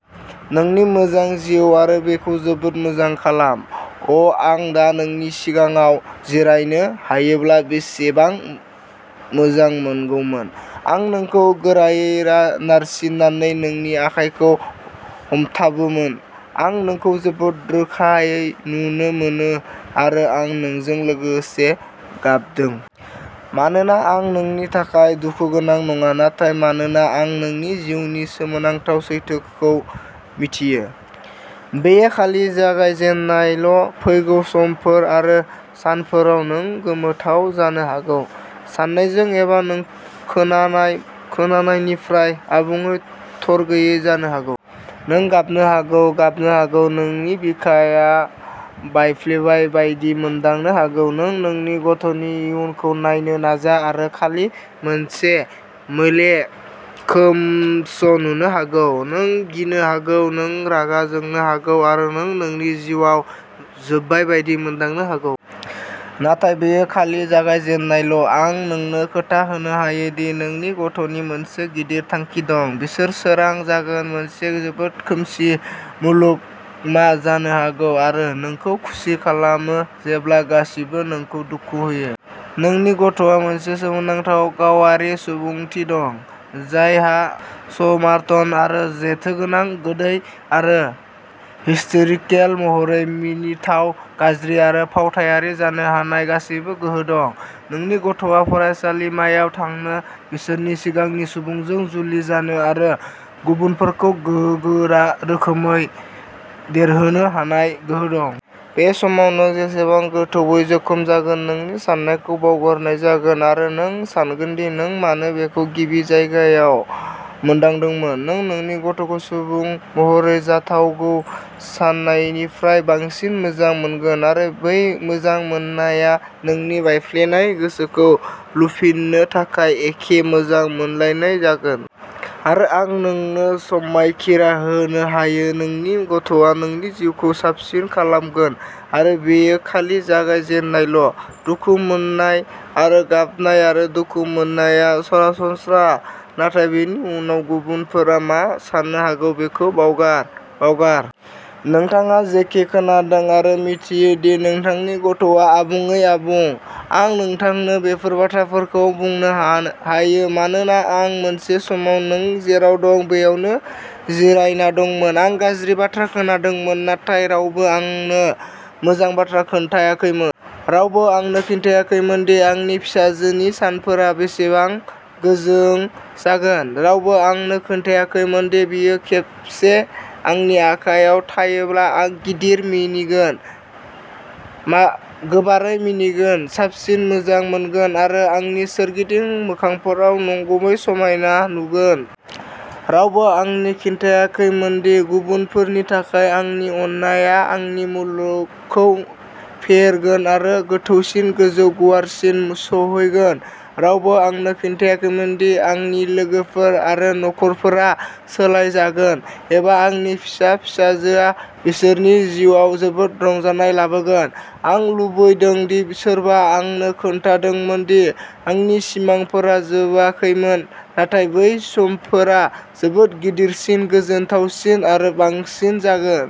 नोंनि मोजां जिउ आरो बेखौ जोबोद मोजां खालाम। अ' आं दा नोंनि सिगाङाव जिरायनो हायोब्ला बेसेबां मोजांमोनगौमोन। आं नोंखौ गोरायै रा नारसिन्नानै नोंनि आखाइखौ हमथाबोमोन। आं नोंखौ जोबोद रोखायै नुनो मोनो आरो आं नोंजों लोगोसे गाबदों। मानोना आं नोंनि थाखाय दुखुगोनां नङा, नाथाय मानोना आं नोंनि जिउनि सोमोनांथाव सैथोखौ मिथियो। बेयो खालि जागायजेननायल'। फैगौ समफोर आरो सानफोराव, नों गोमोथाव जानो हागौ, सानायजों, एबा नों खोनानाय खोनानायनिफ्राय आबुङै थरगैयि जानो हागौ। नों गाबनो हागौ, गाबनो हागौ, नोंनि बिखाया बायफ्लेबाय बायदि मोनदांनो हागौ। नों नोंनि गथ'नि इयुनखौ नायनो नाजा आरो खालि मोनसे मोले खोमस'नुनो हागौ। नों गिनो हागौ, नों रागा जोंनो हागौ, आरो नों नोंनि जिउआ जोबबाय बायदि मोनदांनो हागौ। नाथाय बेयो खालि जागायजेननायल'। आं नोंनो खोथा होनो हायो दि नोंनि गथ'नि मोनसे गिदिर थांखि दं। बिसोर सोरां जागोन। मोनसे जोबोद खोमसि मुलुग मा जानो हागौ, आरो नोंखौ खुसि खालामो जेब्ला गासिबो नोंखौ दुखु होयो। नोंनि गथ'आ मोनसे सोमोनांथाव, गावारि सुबुंथि दं, जायहा स्मार्ट आरो जेथोगोनां, गोदै आरो हिस्टेरिकेल महरै मिनिथाव, गाज्रि आरो फावथायारि जानो हानाय गासैबो गोहो दं। नोंनि गथ'आ फरायसालिमायाव थांनो, बिसोरनि सिमांनि सुबुंजों जुलि जानो, आरो गुबुनफोरखौ गोहोगोरा रोखोमै देरहोनो हानाय गोहो दं। बे समाव नों जेसेबां गोथौवै जोखोम जागोन, नोंनि सानायखौ बावगारनाय जागोन आरो नों सानगोन दि नों मानो बेखौ गिबि जायगायाव मोनदांदोंमोन। नों नोंनि गथ'खौ सुबुं महरै जाथावगौ सान्नायनिफ्राय बांसिन मोजां मोनगोन, आरो बै मोजां मोननाया नोंनि बायफ्लेनाय गोसोखौ लुफिननो थाखाय एखे मोजां मोनलायनाय जागोन। आरो आं नोंनो समायखिरा होनो हायो-नोंनि गथ'आ नोंनि जिउखौ साबसिन खालामगोन। आरो बेयो खालि जागायजेननायल'। दुखु मोन्नाय आरो गाबनाय आरो दुखु मोननाया सरासनस्रा। नाथाय बेनि उनाव गुबुनफोरा मा सान्नो हागौ बेखौ बावगार। बावगार। नोंथाङा जेखि खोनादों, आरो मिन्थियो दि नोंथांनि गथ'आ आबुङै आबुं। आं नोंथांनो बेफोर बाथ्राफोरखौ बुंनो हा हायो मानोना आं मोनसे समाव नों जेराव दं, बैयावनो जिरायना दंमोन। आं गाज्रि बाथ्रा खोनादोंमोन, नाथाय रावबो आंनो मोजां बाथ्रा खोन्थाखैमोन। रावबो आंनो खिन्थियाखैमोन दि आंनि फिसाजोनि सानफोरा बेसेबां गोजों जागोन। रावबो आंनो खिन्थियाखैमोन दि बियो खेबसे आंनि आखाइयाव थायोब्ला, आं गिदिर मिनिगोन, मा गोबारै मिनिगोन, साबसिन मोजां मोनगोन, आरो आंनि सोरगिदिं मोखांफोराव नंगुबै समायना नुगोन। रावबो आंनो खिन्थियाखैमोनदि गुबुनफोरनि थाखाय आंनि अननायआ आंनि मुलुगखौ फेहेरगोन आरो गोथौसिन, गोजौ, गुवारसिन सौहैगोन। रावबो आंनो खिन्थियाखैमोनदि आंनि लोगोफोर आरो नखरफोरा सोलायजागोन एबा आंनि फिसा फिसाजोआ बिसोरनि जिउआव जोबोद रंजानाय लाबोगोन। आं लुबैदों दि सोरबा आंनो खोन्थादोंमोन दि आंनि समफोरा जोबाखैमोन, नाथाय बै सिमांफोरा जोबोद गिदिरसिन, गोजोनथावसिन आरो बांसिन जागोन।